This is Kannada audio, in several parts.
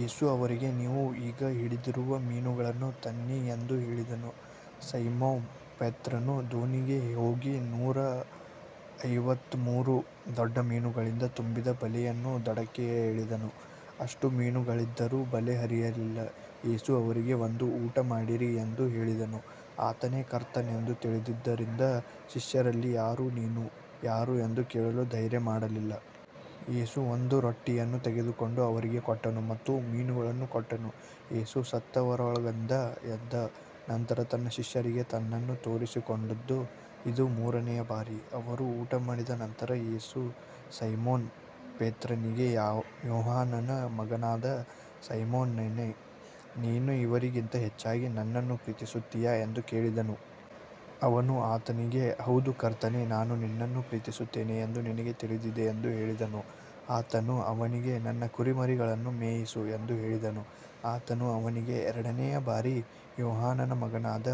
ಯೇಸು ಅವರಿಗೆ, ನೀವು ಈಗ ಹಿಡಿದಿರುವ ಮೀನುಗಳನ್ನು ತನ್ನಿ ಎಂದು ಹೇಳಿದನು. ಸೈಮೋನ ಪೇತ್ರನು ದೋಣಿಗೆ ಹೋಗಿ ನೂರ ಐವತ್ತಮೂರು ದೊಡ್ಡ ಮೀನುಗಳಿಂದ ತುಂಬಿದ ಬಲೆಯನ್ನು ದಡಕ್ಕೆ ಎಳೆದನು. ಅಷ್ಟು ಮೀನುಗಳಿದ್ದರೂ ಬಲೆ ಹರಿಯಲಿಲ್ಲ. ಯೇಸು ಅವರಿಗೆ, ಬಂದು ಊಟಮಾಡಿರಿ ಎಂದು ಹೇಳಿದನು. ಆತನೇ ಕರ್ತನೆಂದು ತಿಳಿದಿದ್ದರಿಂದ ಶಿಷ್ಯರಲ್ಲಿ ಯಾರೂ, ನೀನು ಯಾರು ಎಂದು ಕೇಳಲು ಧೈರ್ಯ ಮಾಡಲಿಲ್ಲ. ಯೇಸು ಬಂದು ರೊಟ್ಟಿಯನ್ನು ತೆಗೆದುಕೊಂಡು ಅವರಿಗೆ ಕೊಟ್ಟನು ಮತ್ತು ಮೀನುಗಳನ್ನೂ ಕೊಟ್ಟನು. ಯೇಸು ಸತ್ತವರೊಳಗಿಂದ ಎದ್ದ ನಂತರ ತನ್ನ ಶಿಷ್ಯರಿಗೆ ತನ್ನನ್ನು ತೋರಿಸಿಕೊಂಡದ್ದು ಇದು ಮೂರನೆಯ ಬಾರಿ. ಅವರು ಊಟಮಾಡಿದ ನಂತರ ಯೇಸು ಸೈಮೋನ ಪೇತ್ರನಿಗೆ, ಯೋಹಾನನ ಮಗನಾದ ಸೈಮೋನನೇ, ನೀನು ಇವರಿಗಿಂತ ಹೆಚ್ಚಾಗಿ ನನ್ನನ್ನು ಪ್ರೀತಿಸುತ್ತೀಯಾ ಎಂದು ಕೇಳಿದನು. ಅವನು ಆತನಿಗೆ, ಹೌದು ಕರ್ತನೇ, ನಾನು ನಿನ್ನನ್ನು ಪ್ರೀತಿಸುತ್ತೇನೆ ಎಂದು ನಿನಗೆ ತಿಳಿದಿದೆ ಎಂದು ಹೇಳಿದನು. ಆತನು ಅವನಿಗೆ, ನನ್ನ ಕುರಿಮರಿಗಳನ್ನು ಮೇಯಿಸು ಎಂದು ಹೇಳಿದನು. ಆತನು ಅವನಿಗೆ ಎರಡನೆಯ ಬಾರಿ, ಯೋಹಾನನ ಮಗನಾದ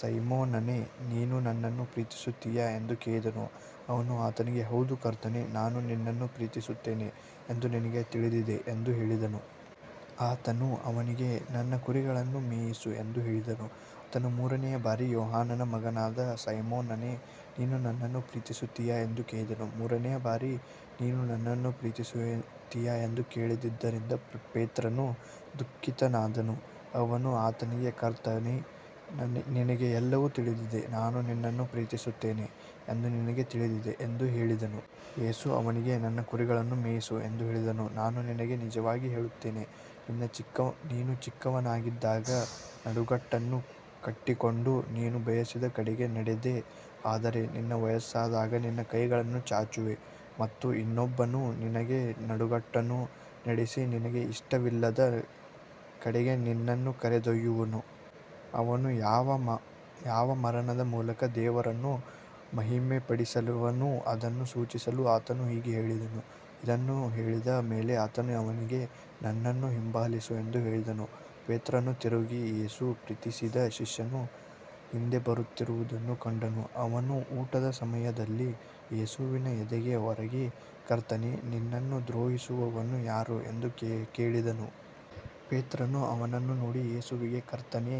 ಸೈಮೋನನೇ, ನೀನು ನನ್ನನ್ನು ಪ್ರೀತಿಸುತ್ತೀಯಾ ಎಂದು ಕೇಳಿದನು. ಅವನು ಆತನಿಗೆ, ಹೌದು ಕರ್ತನೇ, ನಾನು ನಿನ್ನನ್ನು ಪ್ರೀತಿಸುತ್ತೇನೆ ಎಂದು ನಿನಗೆ ತಿಳಿದಿದೆ ಎಂದು ಹೇಳಿದನು. ಆತನು ಅವನಿಗೆ, ನನ್ನ ಕುರಿಗಳನ್ನು ಮೇಯಿಸು ಎಂದು ಹೇಳಿದನು. ಆತನು ಮೂರನೆಯ ಬಾರಿ, ಯೋಹಾನನ ಮಗನಾದ ಸೈಮೋನನೇ, ನೀನು ನನ್ನನ್ನು ಪ್ರೀತಿಸುತ್ತೀಯಾ ಎಂದು ಕೇಳಿದನು. ಮೂರನೆಯ ಬಾರಿ ನೀನು ನನ್ನನ್ನು ಪ್ರೀತಿಸುತ್ತೀಯಾ ಎಂದು ಕೇಳಿದ್ದರಿಂದ ಪೇತ್ರನು ದುಃಖಿತನಾದನು. ಅವನು ಆತನಿಗೆ, ಕರ್ತನೇ, ನಿನಗೆ ಎಲ್ಲವೂ ತಿಳಿದಿದೆ, ನಾನು ನಿನ್ನನ್ನು ಪ್ರೀತಿಸುತ್ತೇನೆ ಎಂದು ನಿನಗೆ ತಿಳಿದಿದೆ ಎಂದು ಹೇಳಿದನು. ಯೇಸು ಅವನಿಗೆ, ನನ್ನ ಕುರಿಗಳನ್ನು ಮೇಯಿಸು ಎಂದು ಹೇಳಿದನು. ನಾನು ನಿನಗೆ ನಿಜವಾಗಿ ಹೇಳುತ್ತೇನೆ, ನೀನು ಚಿಕ್ಕವನಾಗಿದ್ದಾಗ ನಡುಗಟ್ಟನ್ನು ಕಟ್ಟಿಕೊಂಡು ನೀನು ಬಯಸಿದ ಕಡೆಗೆ ನಡೆದೆ, ಆದರೆ ನೀನು ವಯಸ್ಸಾದಾಗ ನಿನ್ನ ಕೈಗಳನ್ನು ಚಾಚುವೆ ಮತ್ತು ಇನ್ನೊಬ್ಬನು ನಿನಗೆ ನಡುಗಟ್ಟನ್ನು ಕಟ್ಟಿಸಿ, ನಿನಗೆ ಇಷ್ಟವಿಲ್ಲದ ಕಡೆಗೆ ನಿನ್ನನ್ನು ಕರೆದೊಯ್ಯುವನು. ಅವನು ಯಾವ ಮರಣದ ಮೂಲಕ ದೇವರನ್ನು ಮಹಿಮೆಪಡಿಸುವನೋ ಅದನ್ನು ಸೂಚಿಸಲು ಆತನು ಹೀಗೆ ಹೇಳಿದನು. ಇದನ್ನು ಹೇಳಿದ ಮೇಲೆ ಆತನು ಅವನಿಗೆ, ನನ್ನನ್ನು ಹಿಂಬಾಲಿಸು ಎಂದು ಹೇಳಿದನು. ಪೇತ್ರನು ತಿರುಗಿ ಯೇಸು ಪ್ರೀತಿಸಿದ ಶಿಷ್ಯನು ಹಿಂದೆ ಬರುತ್ತಿರುವುದನ್ನು ಕಂಡನು. ಅವನು ಊಟದ ಸಮಯದಲ್ಲಿ ಯೇಸುವಿನ ಎದೆಗೆ ಒರಗಿ, ಕರ್ತನೇ, ನಿನ್ನನ್ನು ದ್ರೋಹಿಸುವವನು ಯಾರು ಎಂದು ಕೇಳಿದವನು. ಪೇತ್ರನು ಅವನನ್ನು ನೋಡಿ ಯೇಸುವಿಗೆ, ಕರ್ತನೇ,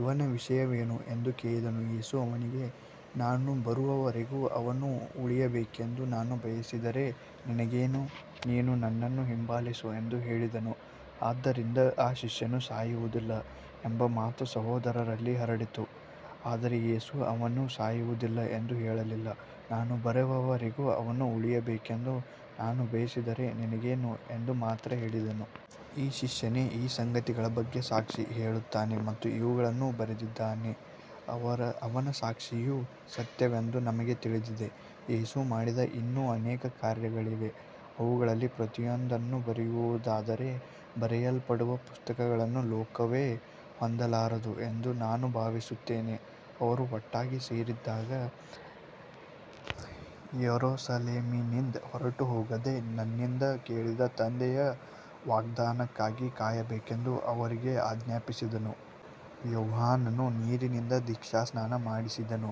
ಇವನ ವಿಷಯವೇನು ಎಂದು ಕೇಳಿದನು. ಯೇಸು ಅವನಿಗೆ, ನಾನು ಬರುವವರೆಗೂ ಅವನು ಉಳಿಯಬೇಕೆಂದು ನಾನು ಬಯಸಿದರೆ ನಿನಗೇನು, ನೀನು ನನ್ನನ್ನು ಹಿಂಬಾಲಿಸು ಎಂದು ಹೇಳಿದನು. ಆದ್ದರಿಂದ ಆ ಶಿಷ್ಯನು ಸಾಯುವುದಿಲ್ಲ ಎಂಬ ಮಾತು ಸಹೋದರರಲ್ಲಿ ಹರಡಿತು. ಆದರೆ ಯೇಸು ಅವನು ಸಾಯುವುದಿಲ್ಲ ಎಂದು ಹೇಳಲಿಲ್ಲ, ನಾನು ಬರುವವರೆಗೂ ಅವನು ಉಳಿಯಬೇಕೆಂದು ನಾನು ಬಯಸಿದರೆ ನಿನಗೇನು ಎಂದು ಮಾತ್ರ ಹೇಳಿದನು. ಈ ಶಿಷ್ಯನೇ ಈ ಸಂಗತಿಗಳ ಬಗ್ಗೆ ಸಾಕ್ಷಿ ಹೇಳುತ್ತಾನೆ ಮತ್ತು ಇವುಗಳನ್ನು ಬರೆದಿದ್ದಾನೆ. ಅವನ ಸಾಕ್ಷಿಯು ಸತ್ಯವೆಂದು ನಮಗೆ ತಿಳಿದಿದೆ. ಯೇಸು ಮಾಡಿದ ಇನ್ನೂ ಅನೇಕ ಕಾರ್ಯಗಳಿವೆ. ಅವುಗಳಲ್ಲಿ ಪ್ರತಿಯೊಂದನ್ನೂ ಬರೆಯುವುದಾದರೆ, ಬರೆಯಲ್ಪಡುವ ಪುಸ್ತಕಗಳನ್ನು ಲೋಕವೇ ಹೊಂದಲಾರದು ಎಂದು ನಾನು ಭಾವಿಸುತ್ತೇನೆ. ಅವರು ಒಟ್ಟಾಗಿ ಸೇರಿದ್ದಾಗ, ಯೆರೂಸಲೇಮಿನಿಂದ ಹೊರಟುಹೋಗದೆ, ನನ್ನಿಂದ ಕೇಳಿದ ತಂದೆಯ ವಾಗ್ದಾನಕ್ಕಾಗಿ ಕಾಯಬೇಕೆಂದು ಅವರಿಗೆ ಆಜ್ಞಾಪಿಸಿದನು. ಯೋಹಾನನು ನೀರಿನಿಂದ ದೀಕ್ಷಾಸ್ನಾನ ಮಾಡಿಸಿದನು,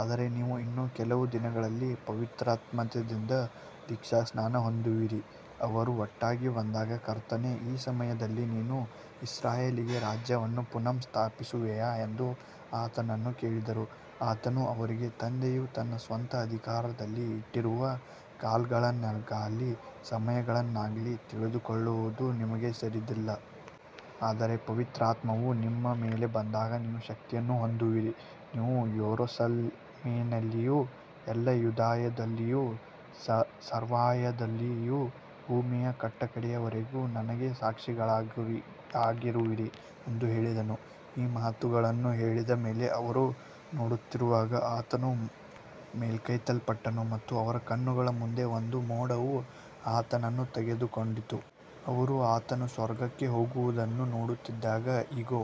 ಆದರೆ ನೀವು ಇನ್ನೂ ಕೆಲವು ದಿನಗಳಲ್ಲಿ ಪವಿತ್ರಾತ್ಮದಿಂದ ದೀಕ್ಷಾಸ್ನಾನ ಹೊಂದುವಿರಿ. ಅವರು ಒಟ್ಟಾಗಿ ಬಂದಾಗ, ಕರ್ತನೇ, ಈ ಸಮಯದಲ್ಲಿ ನೀನು ಇಸ್ರಾಯೇಲಿಗೆ ರಾಜ್ಯವನ್ನು ಪುನಃ ಸ್ಥಾಪಿಸುವೆಯಾ ಎಂದು ಆತನನ್ನು ಕೇಳಿದರು. ಆತನು ಅವರಿಗೆ, ತಂದೆಯು ತನ್ನ ಸ್ವಂತ ಅಧಿಕಾರದಲ್ಲಿ ಇಟ್ಟಿರುವ ಕಾಲಗಳನ್ನಾಗಲಿ ಸಮಯಗಳನ್ನಾಗಲಿ ತಿಳಿದುಕೊಳ್ಳುವುದು ನಿಮಗೆ ಸೇರಿದ್ದಲ್ಲ. ಆದರೆ ಪವಿತ್ರಾತ್ಮವು ನಿಮ್ಮ ಮೇಲೆ ಬಂದಾಗ ನೀವು ಶಕ್ತಿಯನ್ನು ಹೊಂದುವಿರಿ. ನೀವು ಯೆರೂಸಲೇಮಿನಲ್ಲಿಯೂ ಎಲ್ಲಾ ಯೂದಾಯದಲ್ಲಿಯೂ ಸಮಾರ್ಯದಲ್ಲಿಯೂ ಭೂಮಿಯ ಕಟ್ಟಕಡೆಯವರೆಗೂ ನನಗೆ ಸಾಕ್ಷಿಗಳಾಗಿರುವಿರಿ ಎಂದು ಹೇಳಿದನು. ಈ ಮಾತುಗಳನ್ನು ಹೇಳಿದ ಮೇಲೆ ಅವರು ನೋಡುತ್ತಿರುವಾಗ ಆತನು ಮೇಲಕ್ಕೆತ್ತಲ್ಪಟ್ಟನು ಮತ್ತು ಅವರ ಕಣ್ಣುಗಳ ಮುಂದೆ ಒಂದು ಮೋಡವು ಆತನನ್ನು ತೆಗೆದುಕೊಂಡಿತು. ಅವರು ಆತನು ಸ್ವರ್ಗಕ್ಕೆ ಹೋಗುವುದನ್ನು ನೋಡುತ್ತಿದ್ದಾಗ, ಇಗೋ,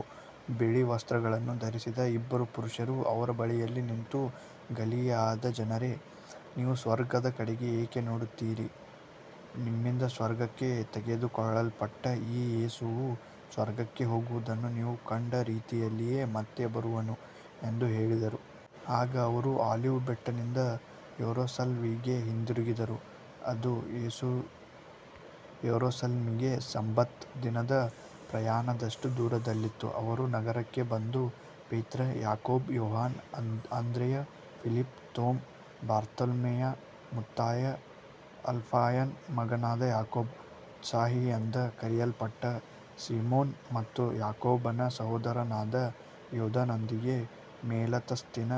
ಬಿಳಿ ವಸ್ತ್ರಗಳನ್ನು ಧರಿಸಿದ ಇಬ್ಬರು ಪುರುಷರು ಅವರ ಬಳಿಯಲ್ಲಿ ನಿಂತು, ಗಲಿಲಾಯದ ಜನರೇ, ನೀವು ಸ್ವರ್ಗದ ಕಡೆಗೆ ಏಕೆ ನೋಡುತ್ತೀರಿ. ನಿಮ್ಮಿಂದ ಸ್ವರ್ಗಕ್ಕೆ ತೆಗೆದುಕೊಳ್ಳಲ್ಪಟ್ಟ ಈ ಯೇಸುವು ಸ್ವರ್ಗಕ್ಕೆ ಹೋಗುವುದನ್ನು ನೀವು ಕಂಡ ರೀತಿಯಲ್ಲಿಯೇ ಮತ್ತೆ ಬರುವನು ಎಂದು ಹೇಳಿದರು. ಆಗ ಅವರು ಆಲಿವ್ ಬೆಟ್ಟದಿಂದ ಯೆರೂಸಲೇಮಿಗೆ ಹಿಂದಿರುಗಿದರು. ಅದು ಯೆರೂಸಲೇಮಿಗೆ ಸಬ್ಬತ್ ದಿನದ ಪ್ರಯಾಣದಷ್ಟು ದೂರದಲ್ಲಿತ್ತು. ಅವರು ನಗರಕ್ಕೆ ಬಂದಾಗ ಪೇತ್ರ, ಯಾಕೋಬ, ಯೋಹಾನ, ಅಂದ್ರೆಯ, ಫಿಲಿಪ್ಪ, ತೋಮ, ಬಾರ್ತಲೋಮಾಯ, ಮತ್ತಾಯ, ಅಲ್ಫಾಯನ ಮಗನಾದ ಯಾಕೋಬ, ಉತ್ಸಾಹಿಯೆಂದು ಕರೆಯಲ್ಪಟ್ಟ ಸಿಮೋನ ಮತ್ತು ಯಾಕೋಬನ ಸಹೋದರನಾದ ಯೂದನೊಂದಿಗೆ ಮೇಲಂತಸ್ತಿನ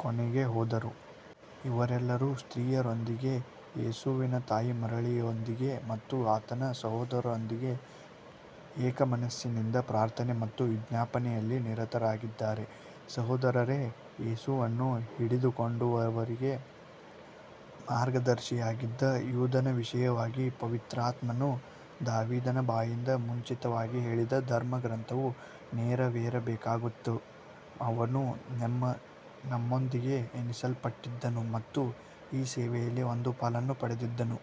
ಕೋಣೆಗೆ ಹೋದರು. ಇವರೆಲ್ಲರೂ ಸ್ತ್ರೀಯರೊಂದಿಗೆ, ಯೇಸುವಿನ ತಾಯಿ ಮರಿಯಳೊಂದಿಗೆ ಮತ್ತು ಆತನ ಸಹೋದರರೊಂದಿಗೆ ಏಕಮನಸ್ಸಿನಿಂದ ಪ್ರಾರ್ಥನೆ ಮತ್ತು ವಿಜ್ಞಾಪನೆಯಲ್ಲಿ ನಿರತರಾಗಿದ್ದರು. ಸಹೋದರರೇ, ಯೇಸುವನ್ನು ಹಿಡಿದುಕೊಂಡವರಿಗೆ ಮಾರ್ಗದರ್ಶಿಯಾಗಿದ್ದ ಯೂದನ ವಿಷಯವಾಗಿ ಪವಿತ್ರಾತ್ಮನು ದಾವೀದನ ಬಾಯಿಂದ ಮುಂಚಿತವಾಗಿ ಹೇಳಿದ ಧರ್ಮಗ್ರಂಥವು ನೆರವೇರಬೇಕಾಗಿತ್ತು. ಅವನು ನಮ್ಮೊಂದಿಗೆ ಎಣಿಸಲ್ಪಟ್ಟಿದ್ದನು ಮತ್ತು ಈ ಸೇವೆಯಲ್ಲಿ ಒಂದು ಪಾಲನ್ನು ಪಡೆದಿದ್ದನು.